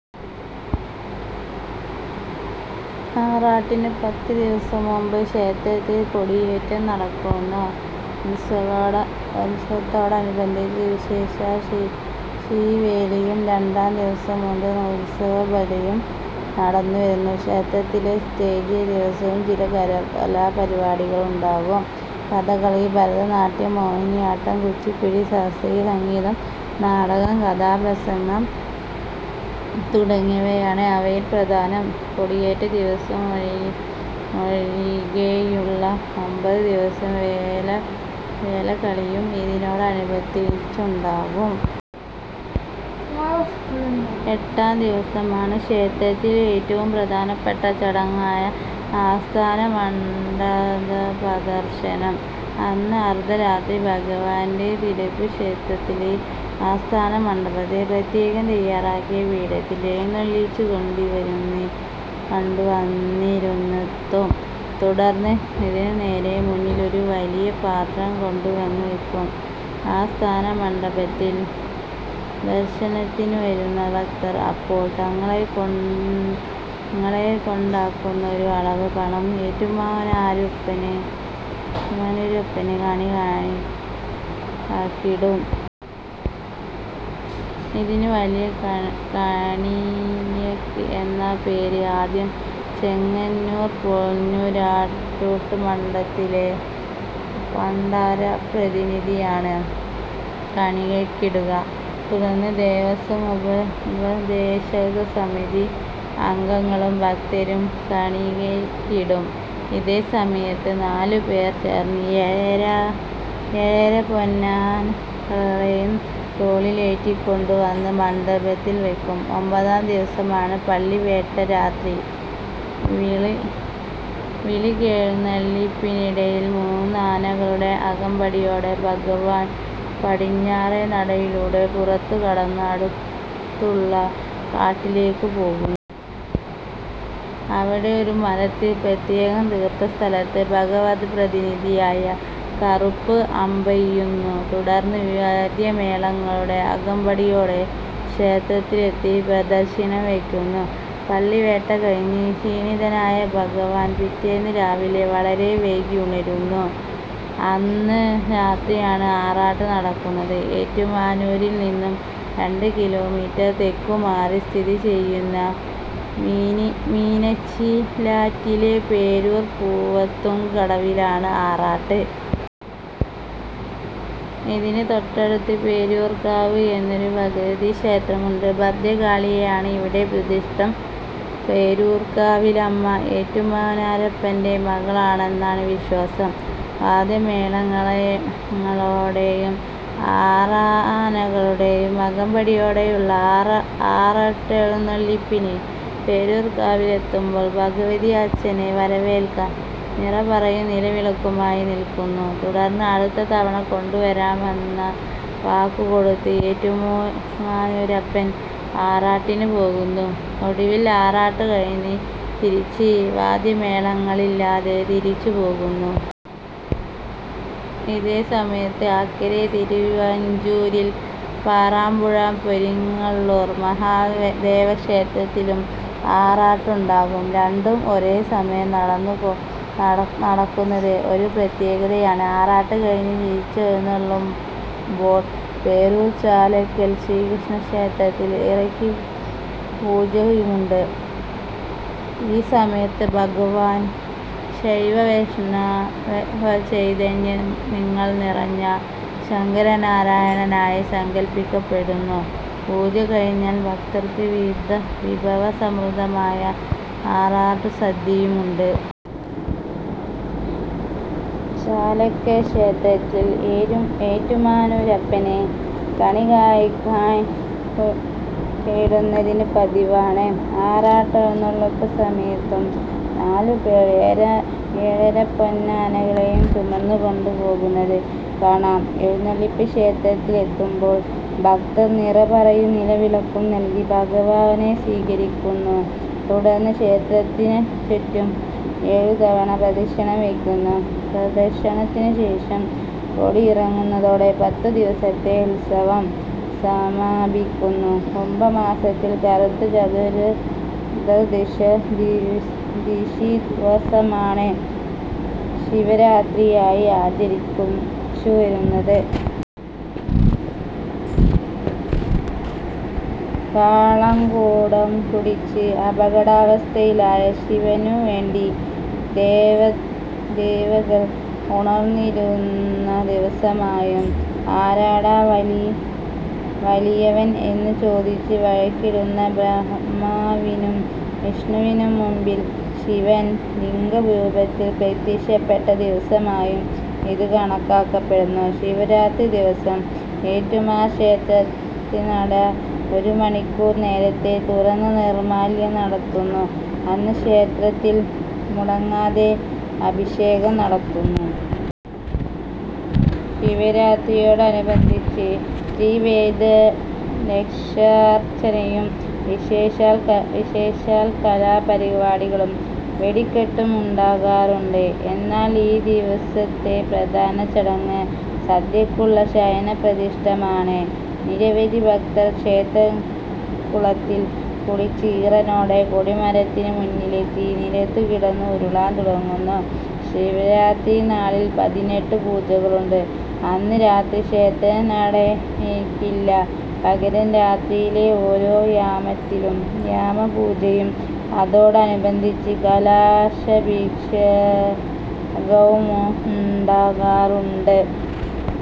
ആറാട്ടിന് പത്തുദിവസം മുമ്പ് ക്ഷേത്രത്തിൽ കൊടിയേറ്റം നടക്കുന്നു. ഉത്സവത്തോടനുബന്ധിച്ച് വിശേഷാൽ ശീവേലിയും രണ്ടാം ദിവസം മുതൽ ഉത്സവബലിയും നടന്നുവരുന്നു. ക്ഷേത്രത്തിലെ സ്റ്റേജിൽ ദിവസവും ചില കലാപരിപാടികളുണ്ടാകും. കഥകളി, ഭരതനാട്യം, മോഹിനിയാട്ടം, കുച്ചിപ്പുഡി, ശാസ്ത്രീയ സംഗീതം, നാടകം, കഥാപ്രസംഗം തുടങ്ങിയവയാണ് അവയിൽ പ്രധാനം. കൊടിയേറ്റദിവസമൊഴികെയുള്ള ഒമ്പത് ദിവസം വേലകളിയും ഇതിനോടനുബന്ധിച്ചുണ്ടാകും. എട്ടാം ദിവസമാണ് ക്ഷേത്രത്തിലെ ഏറ്റവും പ്രധാനപ്പെട്ട ചടങ്ങായ ആസ്ഥാനമണ്ഡപദർശനം. അന്ന് അർദ്ധരാത്രി ഭഗവാന്റെ തിടമ്പ് ക്ഷേത്രത്തിലെ ആസ്ഥാനമണ്ഡപത്തിൽ പ്രത്യേകം തയ്യാറാക്കിയ പീഠത്തിൽ എഴുന്നള്ളിച്ചുകൊണ്ടുവന്നിരുത്തും. തുടർന്ന് ഇതിന് നേരെ മുന്നിൽ ഒരു വലിയ പാത്രം കൊണ്ടുവന്നുവയ്ക്കും. ആസ്ഥാനമണ്ഡപത്തിൽ ദർശനത്തിനുവരുന്ന ഭക്തർ അപ്പോൾ തങ്ങളെക്കൊണ്ടാകുന്ന ഒരു അളവ് പണം ഏറ്റുമാനൂരപ്പന് കാണിയ്ക്കയായിടും. ഇതിന് 'വലിയ കാണിയ്ക്ക' എന്നാണ് പേര്. ആദ്യം ചെങ്ങന്നൂർ പൊന്നുരൂട്ട് മഠത്തിലെ പണ്ടാരപ്രതിനിധിയാണ് കാണിയ്ക്കയിടുക. തുടർന്ന് ദേവസ്വം, ഉപദേശകസമിതി അംഗങ്ങളും ഭക്തരും കാണിയ്ക്കയിടും. ഇതേ സമയത്ത്, നാലുപേർ ചേർന്ന് ഏഴരപ്പൊന്നാനകളെയും തോളിലേറ്റിക്കൊണ്ടുവന്ന് മണ്ഡപത്തിൽ വയ്ക്കും. ഒമ്പതാം ദിവസമാണ് പള്ളിവേട്ട. രാത്രി വിളക്കെഴുന്നള്ളിപ്പിനിടയിൽ മൂന്നാനകളുടെ അകമ്പടിയോടെ ഭഗവാൻ പടിഞ്ഞാറേ നടയിലൂടെ പുറത്തുകടന്ന് അടുത്തുള്ള കാട്ടിലേയ്ക്ക് പോകുന്നു. അവിടെ ഒരു മരത്തിൽ പ്രത്യേകം തീർത്ത സ്ഥലത്ത് ഭഗവദ്പ്രതിനിധിയായ കുറുപ്പ് അമ്പെയ്യുന്നു. തുടർന്ന് വാദ്യമേളങ്ങളുടെ അകമ്പടിയോടെ ക്ഷേത്രത്തിലെത്തി പ്രദക്ഷിണം വയ്ക്കുന്നു. പള്ളിവേട്ട കഴിഞ്ഞ് ക്ഷീണിതനായ ഭഗവാൻ പിറ്റേന്ന് രാവിലെ വളരെ വൈകി ഉണരുന്നു. അന്ന് രാത്രിയാണ് ആറാട്ട് നടക്കുന്നത്. ഏറ്റുമാനൂരിൽ നിന്ന് രണ്ട് കിലോമീറ്റർ തെക്കുമാറി സ്ഥിതിചെയ്യുന്ന മീനച്ചിലാറ്റിലെ പേരൂർ പൂവത്തുംകടവിലാണ് ആറാട്ട്. ഇതിന് തൊട്ടടുത്ത് 'പേരൂർക്കാവ്' എന്നൊരു ഭഗവതിക്ഷേത്രമുണ്ട്. ഭദ്രകാളിയാണ് ഇവിടെ പ്രതിഷ്ഠ. പേരൂർക്കാവിലമ്മ ഏറ്റുമാനൂരപ്പന്റെ മകളാണെന്നാണ് വിശ്വാസം. വാദ്യമേളങ്ങളോടെയും ആറാനകളുടെ അകമ്പടിയോടെയുമുള്ള ആറാട്ടെഴുന്നള്ളിപ്പ് പേരൂർക്കാവിലെത്തുമ്പോൾ ഭഗവതി അച്ഛനെ വരവേൽക്കാൻ നിറപറയും നിലവിളക്കുമായി നിൽക്കുന്നു. തുടർന്ന്, അടുത്ത തവണ കൊണ്ടുവരാമെന്ന് വാക്കുകൊടുത്ത് ഏറ്റുമാനൂരപ്പൻ ആറാട്ടിന് പോകുന്നു. ഒടുവിൽ, ആറാട്ട് കഴിഞ്ഞ് തിരിച്ച് വാദ്യമേളങ്ങളില്ലാതെ തിരിച്ചുപോകുന്നു. ഇതേ സമയത്ത്, അക്കരെ തിരുവഞ്ചൂരിൽ പാറാമ്പുഴ പെരിങ്ങള്ളൂർ മഹാദേവക്ഷേത്രത്തിലും ആറാട്ടുണ്ടാകും. രണ്ടും ഒരേ സമയം നടക്കുന്നത് ഒരു പ്രത്യേകതയാണ്. ആറാട്ട് കഴിഞ്ഞ് തിരിച്ചെഴുന്നള്ളുമ്പോൾ പേരൂർ ചാലയ്ക്കൽ ശ്രീകൃഷ്ണക്ഷേത്രത്തിൽ ഇറക്കിപ്പൂജയുമുണ്ട്. ഈ സമയത്ത് ഭഗവാൻ ശൈവ-വൈഷ്ണവചൈതന്യങ്ങൾ നിറഞ്ഞ ശങ്കരനാരായണനായി സങ്കല്പിയ്ക്കപ്പെടുന്നു. പൂജ കഴിഞ്ഞാൽ ഭക്തർക്ക് വിഭവസമൃദ്ധമായ ആറാട്ടുസദ്യയുമുണ്ട്. ചാലയ്ക്കൽ ക്ഷേത്രത്തിൽ ഏറ്റുമാനൂരപ്പന് കാണിയ്ക്കയിടുന്നതും പതിവാണ്. ആറാട്ടെഴുന്നള്ളിപ്പുസമയത്തും നാലുപേർ ഏഴരപ്പൊന്നാനകളെയും ചുമന്നുകൊണ്ടുപോകുന്നത് കാണാം. എഴുന്നള്ളിപ്പ് ക്ഷേത്രത്തിലെത്തുമ്പോൾ ഭക്തർ നിറപറയും നിലവിളക്കും നൽകി ഭഗവാനെ സ്വീകരിയ്ക്കുന്നു. തുടർന്ന്, ക്ഷേത്രത്തിനുചുറ്റും ഏഴുതവണ പ്രദക്ഷിണം വയ്ക്കുന്നു. പ്രദക്ഷിണത്തിനുശേഷം കൊടിയിറങ്ങുന്നതോടെ പത്തുദിവസത്തെ ഉത്സവം സമാപിയ്ക്കുന്നു. കുംഭമാസത്തിൽ കറുത്ത ചതുർദ്ദശിദിവസമാണ് ശിവരാത്രിയായി ആചരിച്ചുവരുന്നത്. കാളകൂടം കുടിച്ച് അപകടാവസ്ഥയിലായ ശിവനുവേണ്ടി ദേവകൾ ഉണർന്നിരുന്ന ദിവസമായും 'ആരാടാ വലിയവൻ? ' എന്നുചോദിച്ച് വഴക്കിടുന്ന ബ്രഹ്മാവിനും വിഷ്ണുവിനും മുമ്പിൽ ശിവൻ ലിംഗരൂപത്തിൽ പ്രത്യക്ഷപ്പെട്ട ദിവസമായും ഇത് കണക്കാക്കപ്പെടുന്നു. ശിവരാത്രിദിവസം ഏറ്റുമാനൂർ ക്ഷേത്രനട ഒരുമണിക്കൂർ നേരത്തെ തുറന്ന് നിർമ്മാല്യം നടത്തും. അന്ന് ക്ഷേത്രത്തിൽ മുടങ്ങാതെ അഭിഷേകം നടത്തും. ശിവരാത്രിയോടനുബന്ധിച്ച് ത്രിവേദലക്ഷാർച്ചനയും വിശേഷാൽ കലാപരിപാടുകളും വെടിക്കെട്ടുമുണ്ടാകാറുണ്ട്. എന്നാൽ, ഈ ദിവസത്തെ പ്രധാന ചടങ്ങ് സന്ധ്യയ്ക്കുള്ള ശയനപ്രദക്ഷിണമാണ്. നിരവധി ഭക്തർ ക്ഷേത്രക്കുളത്തിൽ കുളിച്ച് ഈറനോടെ കൊടിമരത്തിന് മുന്നിലെത്തി നിലത്തുകിടന്ന് ഉരുളാൻ തുടങ്ങുന്നു. ശിവരാത്രിനാളിൽ പതിനെട്ട് പൂജകളുണ്ട്. അന്ന് രാത്രി ക്ഷേത്രനടയടയ്ക്കില്ല. പകരം, രാത്രിയിലെ ഓരോ യാമത്തിലും യാമപൂജയും അതോടനുബന്ധിച്ച് കലശാഭിഷേകവുമുണ്ടാകാറുണ്ട്.